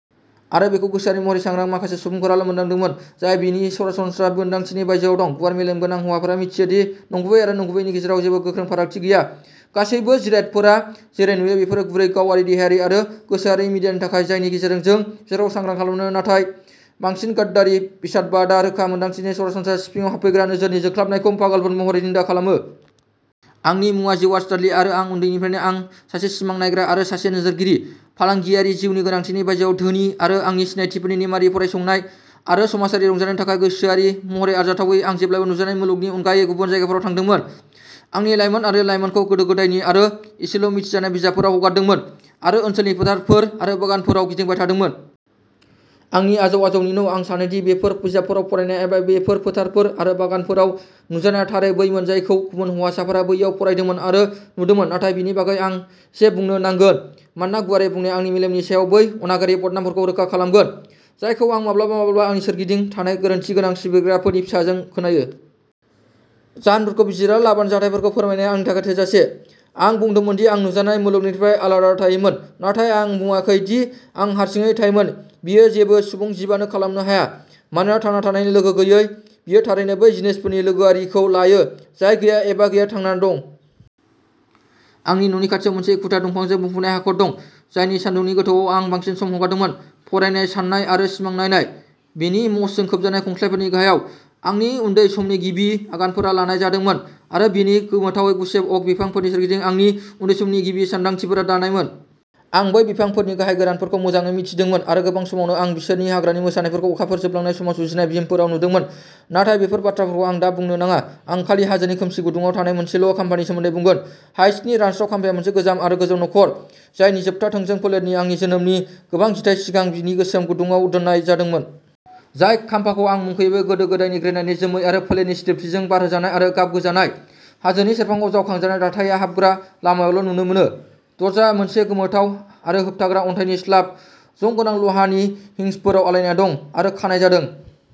आरो बेखौ गोसोआरि महरै सांग्रां माखासे सुबुंफोराल' मोनदांदोंमोन, जाय बेनि सरासनस्रा मोन्दांथिनि बायजोआव दं। गुवार मेलेम गोनां हौवाफोरा मिथियो दि नंगुबै आरो नंगुबैनि गेजेराव जेबो गोख्रों फारागथि गैया, गासैबो जिरादफोरा जेरै नुयो बेफोरो गुरै गावारि देहायारि आरो गोसोआरि मिडियानि थाखाय जायनि गेजेरजों जों बिसोरखौ सांग्रां खालामो नाथाय बांसिननि गद्यारि बेसादबादआ रोखा मोनदांथिनि सरासनस्रा सिफिङाव हाबफैग्रा नोजोरनि जोंख्लाबनायखौ पागलपन महरै निन्दा खालामो। आंनि मुङा जेर्वास डाडली आरो उन्दैनिफ्रायनो आं सासे सिमां नायग्रा आरो सासे नोजोरगिरि। फालांगियारि जिउनि गोनांथिनि बायजोआव धोनि आरो आंनि सिनायथिफोरनि नेमआरि फरायसंनाय आरो समाजारि रंजानायनि थाखाय गोसोआरि महरै आरजाथावै, आं जेब्लाबो नुजानाय मुलुगनि अनगायै गुबुन जायगाफोराव थादोंमोन, आंनि लायमोन आरो लायमोनखौ गोदो गोदायनि आरो इसेल' मिथिजानाय बिजाबफोराव हगारदोंमोन आरो ओनसोलनि फोथारफोर आरो बागानफोराव गिदिंबाय थादोंमोन। आंनि आजौ आजौनि न'। आं सानो दि बेफोर बिजाबफोराव फरायनाया एबा बेफोर फोथारफोर आरो बागानफोराव नुजानाया थारै बैमोन जायखौ गुबुन हौवासाफोरा बैयाव फरायदोंमोन आरो नुदोंमोन, नाथाय बेनि बागै आं एसे बुंनो नांगोन, मानोना गुवारै बुंनाया आंनि मेलेमनि सायाव बै अनागारि बदनामफोरखौ रोखा खालामगोन जायखौ आं माब्लाबा माब्लाबा आंनि सोरगिदिं थानाय गोरोनथिगोनां सिबिग्राफोरनि फिसाजों खोनायो। जाहोनफोरखौ बिजिरालाबानो जाथायफोरखौ फोरमायनाया आंनि थाखाय थोजासे। आं बुंदोंमोन दि आं नुजानाय मुलुगनिफ्राय आलादा थायोमोन, नाथाय आं बुङाखै दि आं हारसिङै थायोमोन। बेयो जेबो सुबुं जिबानो खालामनो हाया, मानोना थांना थानायनि लोगो गैयै, बियो थारैनो बै जिनिसफोरनि लोगोआरिखौ लायो जाय गैया, एबा गैया, थांना दं। आंनि न'नि खाथियाव मोनसे एखुथा दंफांजों बुंफबनाय हाखर दं, जायनि सान्दुंनि गोथौआव आं बांसिन सम हगारदोंमोन, फरायनाय, साननाय आरो सिमां नायनाय। बेनि मोसजों खोबजानाय खंस्लायफोरनि गाहायाव। आंनि उन्दै समनि गिबि आगानफोरा लानाय जादोंमोन, आरो बेनि गोमोथावै गुसेब अक बिफांफोरनि सोरगिदिं आंनि उन्दै समनि गिबि सानदांथिफोरा दानायमोन। आं बै बिफांफोरनि गाहाय गोरानफोरखौ मोजाङै मिथिदोंमोन आरो गोबां समावनो आं बिसोरनि हाग्रानि मोसानायफोरखौ अखाफोर जोबलांनाय समाव जुजिनाय बिमफोराव नुदोंमोन, नाथाय बेफोर बाथ्राफोरखौ आं दा बुंनो नाङा। आं खालि हाजोनि खोमसि गुदुङाव थानाय मोनसेल' खाम्फानि सोमोन्दै बुंगोन, हाइड्सनि रानस्राव खाम्फाया, मोनसे गोजाम आरो गोजौ नखर जायनि जोबथा थोंजों फोलेरखौ आंनि जोनोमनि गोबां जिथाय सिगां बिनि गोसोम गुदुङाव दोननाय जादोंमोन। जाय खाम्फाखौ आं मुंख'यो बेयो गोदो गोदायनि ग्रेनाइटनि, जोमै आरो फोलेरनि सिदोबथिजों बारहोजानाय आरो गाबगोजानाय। हाजोनि सेरफाङाव जावखांजानाय, दाथाइया हाबग्रा लामायावल' नुनो मोनो। दरजा, मोनसे गोमोथाव आरो होबथाग्रा अन्थाइनि स्लाब, जं गोनां लहानि हिंजफोराव आलायना दं, आरो खानाय जादों।